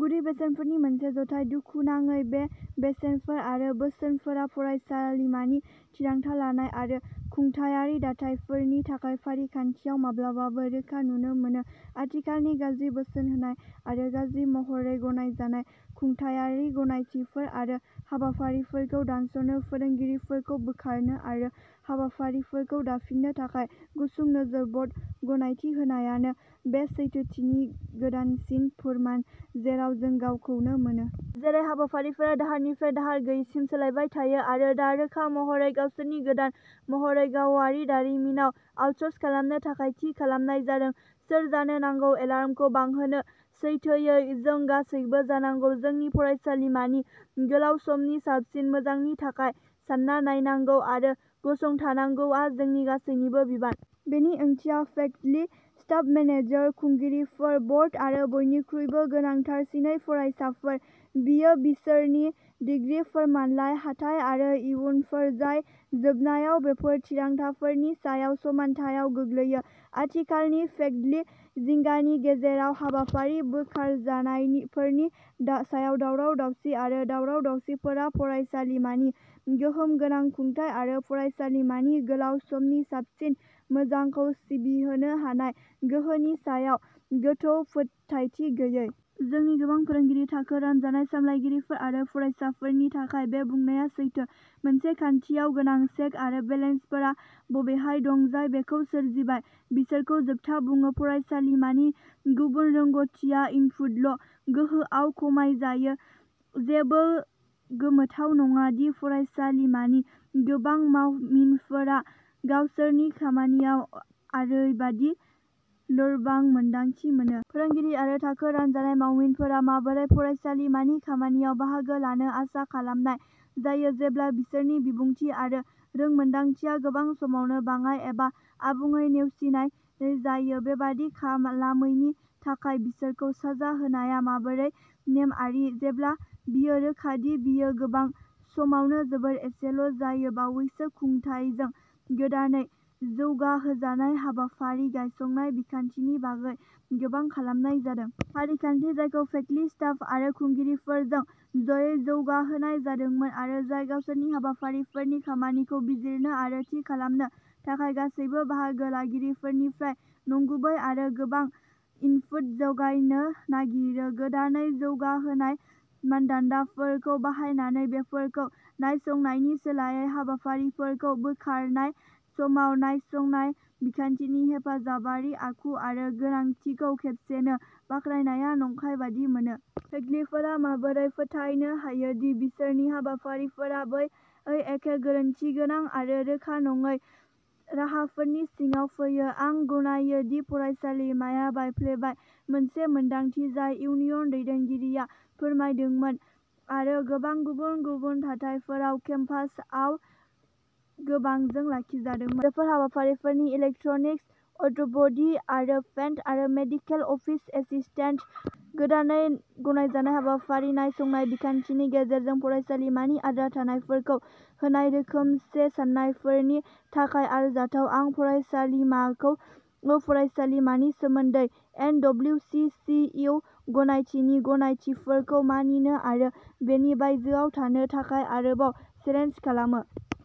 गुदि बेसेनफोरनि मोनसे जथाय। दुखुगोनाङै बे बेसेनफोर आरो बोसोनफोरा फरायसालिमानि थिरांथा लानाय आरो खुंथायारि दाथायफोरनि थाखाय फारिखान्थियाव माब्लाबासो रोखा नुनो मोनो। आथिखालनि गाज्रि बोसोन होनाय आरो गाज्रि महरै गनायजानाय खुंथायारि गनायथिफोर आरो हाबाफारिफोरखौ दानस'नो, फोरोंगिरिफोरखौ बोखारनो आरो हाबाफारिफोरखौ दाफिननो थाखाय गुसुं नोजोर बर्ड गनायथि होनायानो बे सैथोथिनि गोदानसिन फोरमान जेराव जों गावखौनो मोनो। जेरै हाबाफारिफोरा दाहारनिफ्राय दाहार गैयैसिम सोलायबाय थायो, आरो दा रोखा महरै गावसोरनि गोदान महरखौ गावारि दारिमिनाव आउटस'र्स खालामनो थाखाय थि खालामनाय जादों, सोर जानो नांगौ एलार्मखौ बांहोनो सैथोयै, जों गासैबो जानांगौ। जोंनि फरायसालिमानि गोलाव समनि साबसिन मोजांनि थाखाय सानना नायनांगौ आरो गसंथानांगौआ जोंनि गासैनिबो बिबान। बेनि ओंथिया फेकल्टि, स्टाफ, मेनेजार, खुंगिरिफोर, बर्ड आरो, बयनिख्रुइबो गोनांथारसिनै, फरायसाफोर। बेयो बिसोरनि डिग्री, फोरमानलाइ, हाथाइ आरो इयुनफोर जाय जोबनायाव बेफोर थिरांथाफोरनि सायाव समान्थायाव गोलैयो। आथिखालनि फेकल्टि जिंगानि गेजेराव। हाबाफारि बोखारनायफोरनि सायाव दावराव-दावसि आरो दावराव-दावसिफोरा फरायसालिमानि गोहोम गोनां खुंथाय आरो फरायसालिमानि गोलाव समनि साबसिन मोजांखौ सिबिहोनो हानाय गोहोनि सायाव गोथौ फोथायथि गैयै। जोंनि गोबां फोरोंगिरि, थाखो रानजानाय, सामलायगिरिफोर आरो फरायसाफोरनि थाखाय, बे बुंनाया सैथो। मोनसे खान्थियाव गोनां चेक आरो बेलेन्सफोरा बबेहाय दं, जाय बेखौ सोरजिबाय बिसोरखौ जोबथा बुङो फरायसालिमानि गुवार रोंग'थिआ इनपुटल' गोहोआव खमायजायो। जेबो गोमोथाव नङा दि फरायसालिमानि गोबां मावगिरिफोरा गावसोरनि खामानियाव ओरैबादि लोरबां मोन्दांथि मोनो। फोरोंगिरि आरो थाखो रानजानाय मावगिरिफोरा माबोरै फरायसालिमानि खामानियाव बाहागो लानो आसा खालामनाय जायो, जेब्ला बिसोरनि बिबुंथि आरो रोंमोनदांथिया गोबां समावनो बाङाइ एबा आबुङै नेवसिनाय जायो बेबादि खालामैनि थाखाय बिसोरखौ साजा होनाया माबोरै नेमआरि, जेब्ला बेयो रोखा दि बेयो गोबां समावनो जोबोद एसेल' जायो बावैसो खुंथायजों गोदानै जौगाहोजानाय हाबाफारि नायसंनाय बिखान्थिनि बागै गोबां खालामनाय जादों। फारिखान्थि जायखौ फेकल्टी, स्टाफ आरो खुंगिरिफोरजों ज'यै जौगाहोनाय जादोंमोन आरो जाय गावसोरनि हाबाफारिफोरनि खामानिखौ बिजिरनो आरो थि खालामनो थाखाय गासैबो बाहागो लागिरिफोरनिफ्राय नंगुबै आरो गोनां इनपुट जगायनो नागिरो। गोदानै जौगाहोनाय मानदान्दाफोरखौ बाहायनानै बेफोरखौ नायसंनायनि सोलायै हाबाफारिफोरखौ बोखारनाय समाव नायसंनाय बिखान्थिनि हेफाजाबारि आखु आरो गोनांथिखौ खेबसेनो बाख्नायनाया नंखाय बायदि मोनो। फेकल्टीफोरा माबोरै फोथायनो हायो दि बिसोरनि हाबाफारिफोरा बै एखे गोरोन्थिगोनां आरो रोखा नङै राहाफोरनि सिङाव फैया आं गनायो दि फरायसालिमाया बायफ्लेबाय, मोनसे मोनदांथि जायखौ इउनियन दैदेनगिरिया फोरमायदोंमोन आरो गोबां गुबुन गुबुन थाथायफोराव केम्पासआव गोबांजों लाखिजादोंमोन। बेफोर हाबाफारिफोर इलेक्ट्रनिक्स, अट'बडी आरो पेन्ट आरो मेडिकेल अफिस एसिस्टेन्ट, गोदानै गनायजानाय हाबाफारि नायसंनाय बिखान्थिनि गेजेरजों फरायसालिमानि आद्रा थानायफोरखौ होनाय रोखोमसे साननायफोरनि थाखाय आरजाथाव। आं फरायसालिमाखौ फरायसालिमानि सोमोन्दै N W C C U गनायथिनि गनायथिफोरखौ मानिनो आरो बेनि बायजोआव थांनो थाखाय आरोबाव चेलेन्ज खालामो।